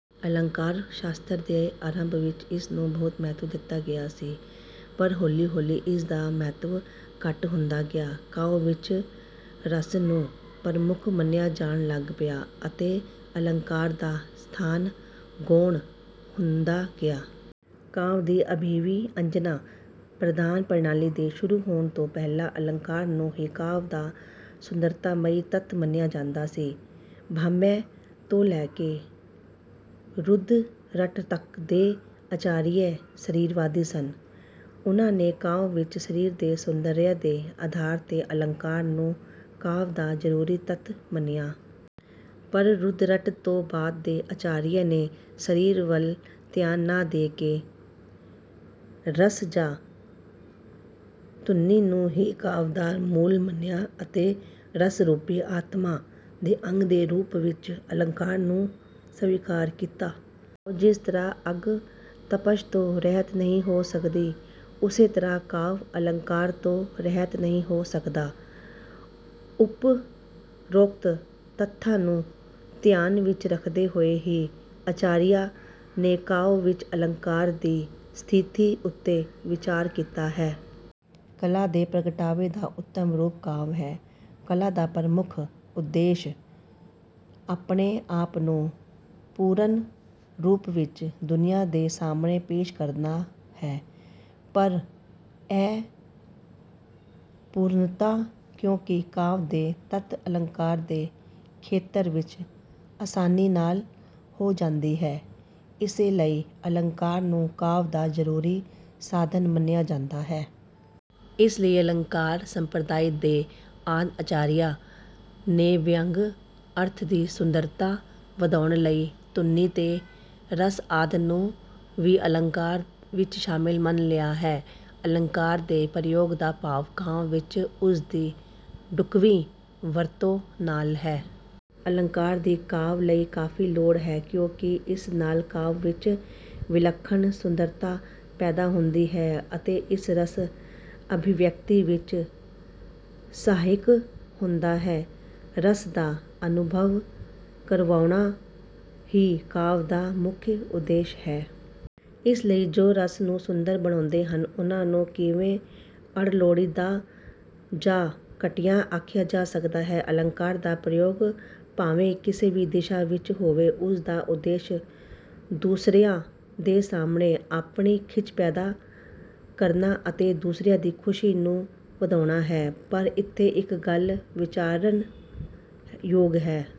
ਅਲੰਕਾਰ-ਸ਼ਾਸਤਰ ਦੇ ਆਰੰਭ ਵਿੱਚ ਇਸਨੂੰ ਬਹੁਤ ਮਹੱਤਵ ਦਿੱਤਾ ਗਿਆ ਸੀ, ਪਰ ਹੌਲੀ-ਹੌਲੀ ਇਸਦਾ ਮਹੱਤਵ ਘੱਟ ਹੁੰਦਾ ਗਿਆ। ਕਾਵਿ ਵਿੱਚ ਰਸ ਨੂੰ ਪ੍ਰਮੁੱਖ ਮੰਨਿਆ ਜਾਣ ਲੱਗ ਪਿਆ ਅਤੇ ਅਲੰਕਾਰ ਦਾ ਸਥਾਨ ਗੌਣ ਹੁੰਦਾ ਗਿਆ। ਕਾਵਿ ਦੀ ਅਭਿਵਿਅੰਜਨਾ ਪ੍ਰਧਾਨ ਪ੍ਰਣਾਲੀ ਦੇ ਸ਼ੁਰੂ ਹੋਣ ਤੋਂ ਪਹਿਲਾਂ ਅਲੰਕਾਰ ਨੂੰ ਹੀ ਕਾਵਿ ਦਾ ਸੁੰਦਰਤਾਮਈ ਤੱਤ ਮੰਨਿਆ ਜਾਂਦਾ ਸੀ। ਭਾਮਹ ਤੋਂ ਲੈ ਕੇ ਰੁਦਰਟ ਤੱਕ ਦੇ ਆਚਾਰੀਆ ਸਰੀਰਵਾਦੀ ਸਨ। ਉਹਨਾਂ ਨੇ ਕਾਵਿ ਵਿੱਚ ਸਰੀਰ ਦੇ ਸੌਂਦਰਯ ਦੇ ਆਧਾਰ 'ਤੇ ਅਲੰਕਾਰ ਨੂੰ ਕਾਵਿ ਦਾ ਜ਼ਰੂਰੀ ਤੱਤ ਮੰਨਿਆ। ਪਰ ਰੁਦਰਟ ਤੋਂ ਬਾਅਦ ਦੇ ਆਚਾਰੀਆਂ ਨੇ ਸਰੀਰ ਵੱਲ ਧਿਆਨ ਨਾ ਦੇ ਕੇ, ਰਸ ਜਾਂ ਧੁਨੀ ਨੂੰ ਹੀ ਕਾਵਿ ਦਾ ਮੂਲ ਮੰਨਿਆ ਅਤੇ ਰਸ ਰੂਪੀ ਆਤਮਾ ਦੇ ਅੰਗ ਦੇ ਰੂਪ ਵਿੱਚ ਅਲੰਕਾਰ ਨੂੰ ਸਵੀਕਾਰ ਕੀਤਾ। ਜਿਸ ਤਰ੍ਹਾਂ ਅੱਗ ਤਪਸ਼ ਤੋਂ ਰਹਿਤ ਨਹੀਂ ਹੋ ਸਕਦੀ, ਉਸੇ ਤਰ੍ਹਾਂ ਕਾਵਿ 'ਅਲੰਕਾਰ' ਤੋਂ ਰਹਿਤ ਨਹੀਂ ਹੋ ਸਕਦਾ। ਉਪਰੋਕਤ ਤੱਥਾਂ ਨੂੰ ਧਿਆਨ ਵਿੱਚ ਰੱਖਦੇ ਹੋਏ ਹੀ ਆਚਾਰੀਆਂ ਨੇ ਕਾਵਿ ਵਿੱਚ ਅਲੰਕਾਰ ਦੀ ਸਥਿਤੀ ਉੱਤੇ ਵਿਚਾਰ ਕੀਤਾ ਹੈ। ਕਲਾ ਦੇ ਪ੍ਰਗਟਾਵੇ ਦਾ ਉੱਤਮ ਰੂਪ 'ਕਾਵਿ' ਹੈ। ਕਲਾ ਦਾ ਪ੍ਰਮੁੱਖ ਉਦੇਸ਼ ਆਪਣੇ ਆਪ ਨੂੰ ਪੂਰਨ ਰੂਪ ਵਿੱਚ ਦੁਨੀਆਂ ਦੇ ਸਾਹਮਣੇ ਪੇਸ਼ ਕਰਨਾ ਹੈ, ਪਰ ਇਹ ਪੂਰਨਤਾ ਕਿਉਂਕਿ ਕਾਵਿ ਦੇ ਤੱਤ 'ਅਲੰਕਾਰ' ਦੇ ਖੇਤਰ ਵਿੱਚ ਆਸਾਨੀ ਨਾਲ ਹੋ ਜਾਂਦੀ ਹੈ, ਇਸੇ ਲਈ ਅਲੰਕਾਰ ਨੂੰ ਕਾਵਿ ਦਾ ਜ਼ਰੂਰੀ ਸਾਧਨ ਮੰਨਿਆ ਜਾਂਦਾ ਹੈ। ਇਸ ਲਈ ਅਲੰਕਾਰ ਸੰਪਰਦਾਇ ਦੇ ਆਦਿ ਆਚਾਰੀਆਂ ਨੇ ਵਿਅੰਗ ਅਰਥ ਦੀ ਸੁੰਦਰਤਾ ਵਧਾਉਣ ਲਈ 'ਧੁਨੀ ਤੇ ਰਸ' ਆਦਿ ਨੂੰ ਵੀ ਅਲੰਕਾਰ ਵਿੱਚ ਸ਼ਾਮਿਲ ਮੰਨ ਲਿਆ ਹੈ। ਅਲੰਕਾਰ ਦੇ ਪ੍ਰਯੋਗ ਦਾ ਭਾਵ ਕਾਵਿ ਵਿੱਚ ਉਸਦੀ ਢੁੱਕਵੀਂ ਵਰਤੋਂ ਨਾਲ ਹੈ। ਅਲੰਕਾਰ ਦੀ ਕਾਵਿ ਲਈ ਕਾਫ਼ੀ ਲੋੜ ਹੈ ਕਿਉਂਕਿ ਇਸ ਨਾਲ ਕਾਵਿ ਵਿੱਚ ਵਿਲੱਖਣ ਸੁੰਦਰਤਾ ਪੈਦਾ ਹੁੰਦੀ ਹੈ ਅਤੇ ਇਹ ਰਸ ਅਭਿਵਿਅਕਤੀ ਵਿੱਚ ਸਹਾਇਕ ਹੁੰਦਾ ਹੈ। ਰਸ ਦਾ ਅਨੁਭਵ ਕਰਵਾਉਣਾ ਹੀ ਕਾਵਿ ਦਾ ਮੁੱਖ ਉਦੇਸ਼ ਹੈ। ਇਸ ਲਈ ਜੋ ਰਸ ਨੂੰ ਸੁੰਦਰ ਬਣਾਉਂਦੇ ਹਨ, ਉਹਨਾਂ ਨੂੰ ਕਿਵੇਂ ਅਣਲੋੜੀਂਦਾ ਜਾਂ ਘਟੀਆ ਆਖਿਆ ਜਾ ਸਕਦਾ ਹੈ। ਅਲੰਕਾਰ ਦਾ ਪ੍ਰਯੋਗ ਭਾਵੇਂ ਕਿਸੇ ਵੀ ਦਿਸ਼ਾ ਵਿੱਚ ਹੋਵੇ, ਉਸਦਾ ਉਦੇਸ਼ ਦੂਸਰਿਆਂ ਦੇ ਸਾਹਮਣੇ ਆਪਣੀ ਖਿੱਚ ਪੈਦਾ ਕਰਨਾ ਅਤੇ ਦੂਸਰਿਆਂ ਦੀ ਖੁਸ਼ੀ ਨੂੰ ਵਧਾਉਣਾ ਹੈ। ਪਰ ਇੱਥੇ ਇੱਕ ਗੱਲ ਵਿਚਾਰਨ ਯੋਗ ਹੈ।